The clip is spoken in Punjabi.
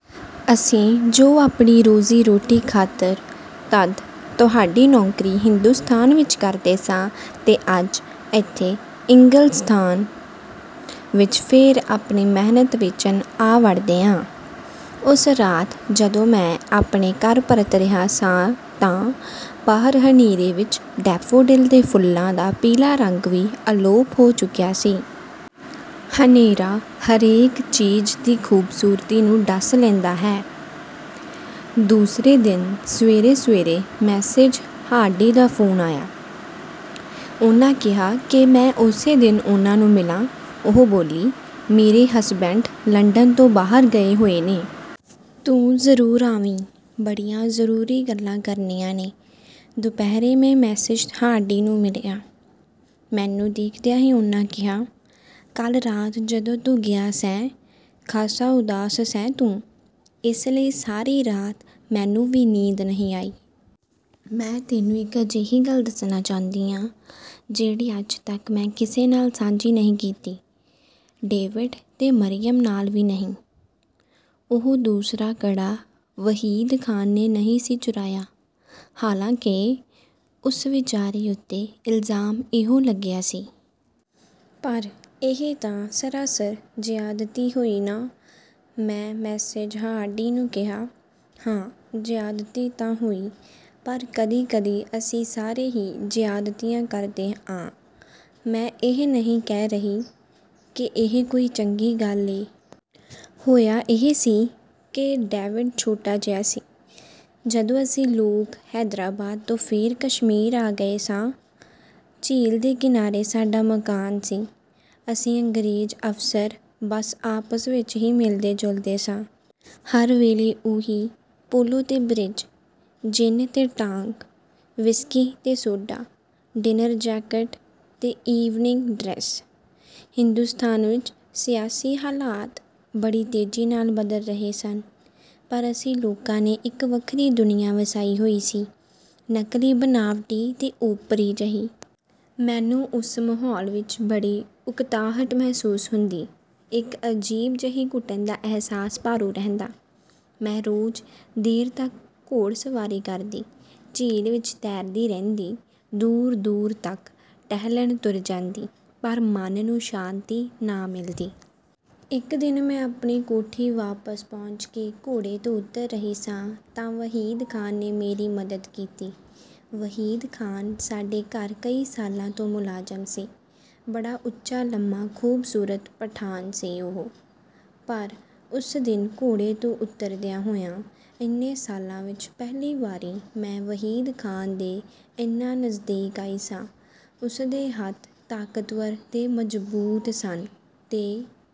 ਅਸੀਂ ਜੋ ਆਪਣੀ ਰੋਜ਼ੀ-ਰੋਟੀ ਖਾਤਰ ਤਦ ਤੁਹਾਡੀ ਨੌਕਰੀ ਹਿੰਦੁਸਤਾਨ ਵਿੱਚ ਕਰਦੇ ਸਾਂ ਤੇ ਅੱਜ ਇੱਥੇ ਇੰਗਲਿਸਤਾਨ ਵਿੱਚ ਫੇਰ ਆਪਣੀ ਮਿਹਨਤ ਵੇਚਣ ਆ ਵੜਦੇ ਆਂ।" ਉਸ ਰਾਤ ਜਦੋਂ ਮੈਂ ਆਪਣੇ ਘਰ ਪਰਤ ਰਿਹਾ ਸਾਂ ਤਾਂ ਬਾਹਰ ਹਨੇਰੇ ਵਿੱਚ ਡੈਫੋਡਿਲ ਦੇ ਫੁੱਲਾਂ ਦਾ ਪੀਲਾ ਰੰਗ ਵੀ ਅਲੋਪ ਹੋ ਚੁੱਕਿਆ ਸੀ। ਹਨੇਰਾ ਹਰੇਕ ਚੀਜ਼ ਦੀ ਖ਼ੂਬਸੂਰਤੀ ਨੂੰ ਡਸ ਲੈਂਦਾ ਹੈ। --------- ਦੂਸਰੇ ਦਿਨ ਸਵੇਰੇ-ਸਵੇਰੇ ਮਿਸੇਜ਼ ਹਾਰਡੀ ਦਾ ਫ਼ੋਨ ਆਇਆ। ਉਹਨਾਂ ਕਿਹਾ ਕਿ ਮੈਂ ਉਸੇ ਦਿਨ ਉਹਨਾਂ ਨੂੰ ਮਿਲਾਂ। ਉਹ ਬੋਲੀ, "ਮੇਰੇ ਹਸਬੈਂਡ ਲੰਦਨ ਤੋਂ ਬਾਹਰ ਗਏ ਹੋਏ ਨੇ... ਤੂੰ ਜ਼ਰੂਰ ਆਵੀਂ, ਬੜੀਆਂ ਜ਼ਰੂਰੀ ਗੱਲਾਂ ਕਰਨੀਆਂ ਨੇ।" ਦੁਪਹਿਰੇ ਮੈਂ ਮਿਸੇਜ਼ ਹਾਰਡੀ ਨੂੰ ਮਿਲਿਆ। ਮੈਨੂੰ ਦੇਖਦਿਆਂ ਹੀ ਉਹਨਾਂ ਕਿਹਾ, "ਕੱਲ੍ਹ ਰਾਤ ਜਦੋਂ ਤੂੰ ਗਿਆ ਸੈਂ, ਖਾਸਾ ਉਦਾਸ ਸੈਂ ਤੂੰ—ਇਸ ਲਈ ਸਾਰੀ ਰਾਤ ਮੈਨੂੰ ਵੀ ਨੀਂਦ ਨਹੀਂ ਆਈ। ਮੈਂ ਤੈਨੂੰ ਇਕ ਅਜਿਹੀ ਗੱਲ ਦੱਸਣਾ ਚਾਹੁੰਦੀ ਆਂ ਜਿਹੜੀ ਅੱਜ ਤੱਕ ਮੈਂ ਕਿਸੇ ਨਾਲ ਸਾਂਝੀ ਨਹੀਂ ਕੀਤੀ। ਡੇਵਿਡ ਤੇ ਮਰੀਅਮ ਨਾਲ ਵੀ ਨਹੀਂ। ਉਹ ਦੂਸਰਾ ਕੜਾ ਵਹੀਦ ਖ਼ਾਨ ਨੇ ਨਹੀਂ ਸੀ ਚੁਰਾਇਆ, ਹਾਲਾਂਕਿ ਉਸ ਵਿਚਾਰੇ ਉੱਤੇ ਇਲਜ਼ਾਮ ਇਹੋ ਲੱਗਿਆ ਸੀ।" "ਪਰ ਇਹ ਤਾਂ ਸਰਾਸਰ ਜ਼ਿਆਦਤੀ ਹੋਈ ਨਾ!" ਮੈਂ ਮਿਸੇਜ਼ ਹਾਰਡੀ ਨੂੰ ਕਿਹਾ। "ਹਾਂ—ਜ਼ਿਆਦਤੀ ਤਾਂ ਹੋਈ। ਪਰ ਕਦੀ-ਕਦੀ ਅਸੀਂ ਸਾਰੇ ਹੀ ਜ਼ਿਆਦਤੀਆਂ ਕਰਦੇ ਆਂ। ਮੈਂ ਇਹ ਨਹੀਂ ਕਹਿ ਰਹੀ ਕਿ ਇਹ ਕੋਈ ਚੰਗੀ ਗੱਲ ਏ। ਹੋਇਆ ਇਹ ਸੀ ਕਿ ਡੇਵਿਡ ਛੋਟਾ ਜਿਹਾ ਸੀ, ਜਦੋਂ ਅਸੀਂ ਲੋਕ ਹੈਦਰਾਬਾਦ ਤੋਂ ਫੇਰ ਕਸ਼ਮੀਰ ਆ ਗਏ ਸਾਂ। ਝੀਲ ਦੇ ਕਿਨਾਰੇ ਸਾਡਾ ਮਕਾਨ ਸੀ। ਅਸੀਂ ਅੰਗਰੇਜ਼ ਅਫ਼ਸਰ ਬਸ ਆਪਸ ਵਿੱਚ ਹੀ ਮਿਲਦੇ-ਜੁਲਦੇ ਸਾਂ। ਹਰ ਵੇਲੇ ਉਹੀ ਪੋਲੋ ਤੇ ਬ੍ਰਿਜ, ਜਿੰਨ ਤੇ ਟਾਂਗ, ਵਿਸਕੀ ਤੇ ਸੋਢਾ, ਡਿਨਰ ਜੈਕਟ ਤੇ ਈਵਨਿੰਗ ਡਰੈੱਸ...। ਹਿੰਦੁਸਤਾਨ ਵਿੱਚ ਸਿਆਸੀ ਹਾਲਾਤ ਬੜੀ ਤੇਜ਼ੀ ਨਾਲ ਬਦਲ ਰਹੇ ਸਨ, ਪਰ ਅਸੀਂ ਲੋਕਾਂ ਨੇ ਇੱਕ ਵੱਖਰੀ ਦੁਨੀਆਂ ਵਸਾਈ ਹੋਈ ਸੀ—ਨਕਲੀ, ਬਣਾਵਟੀ ਤੇ ਓਪਰੀ ਜਿਹੀ। ਮੈਨੂੰ ਉਸ ਮਾਹੌਲ ਵਿੱਚ ਬੜੀ ਉਕਤਾਹਟ ਮਹਿਸੂਸ ਹੁੰਦੀ... ਇੱਕ ਅਜੀਬ ਜਿਹੀ ਘੁਟਨ ਦਾ ਅਹਿਸਾਸ ਭਾਰੂ ਰਹਿੰਦਾ। ਮੈਂ ਰੋਜ਼ ਦੇਰ ਤੱਕ ਘੋੜਸਵਾਰੀ ਕਰਦੀ, ਝੀਲ ਵਿੱਚ ਤੈਰਦੀ ਰਹਿੰਦੀ, ਦੂਰ-ਦੂਰ ਤੱਕ ਟਹਿਲਣ ਤੁਰ ਜਾਂਦੀ... ਪਰ ਮਨ ਨੂੰ ਸ਼ਾਂਤੀ ਨਾ ਮਿਲਦੀ। ਇੱਕ ਦਿਨ ਮੈਂ ਆਪਣੀ ਕੋਠੀ ਵਾਪਸ ਪਹੁੰਚ ਕੇ ਘੋੜੇ ਤੋਂ ਉਤਰ ਰਹੀ ਸਾਂ ਤਾਂ ਵਹੀਦ ਖ਼ਾਨ ਨੇ ਮੇਰੀ ਮਦਦ ਕੀਤੀ। ਵਹੀਦ ਖ਼ਾਨ ਸਾਡੇ ਘਰ ਕਈ ਸਾਲਾਂ ਤੋਂ ਮੁਲਾਜ਼ਮ ਸੀ। ਬੜਾ ਉੱਚਾ-ਲੰਮਾ ਖ਼ੂਬਸੂਰਤ ਪਠਾਨ ਸੀ ਉਹ—ਪਰ ਉਸ ਦਿਨ ਘੋੜੇ ਤੋਂ ਉਤਰਦਿਆਂ ਹੋਇਆਂ, ਏਨੇ ਸਾਲਾਂ ਵਿੱਚ ਪਹਿਲੀ ਵਾਰੀ ਮੈਂ ਵਹੀਦ ਖ਼ਾਨ ਦੇ ਏਨਾ ਨਜ਼ਦੀਕ ਆਈ ਸਾਂ। ਉਸਦੇ ਹੱਥ ਤਾਕਤਵਰ ਤੇ ਮਜ਼ਬੂਤ ਸਨ ਤੇ...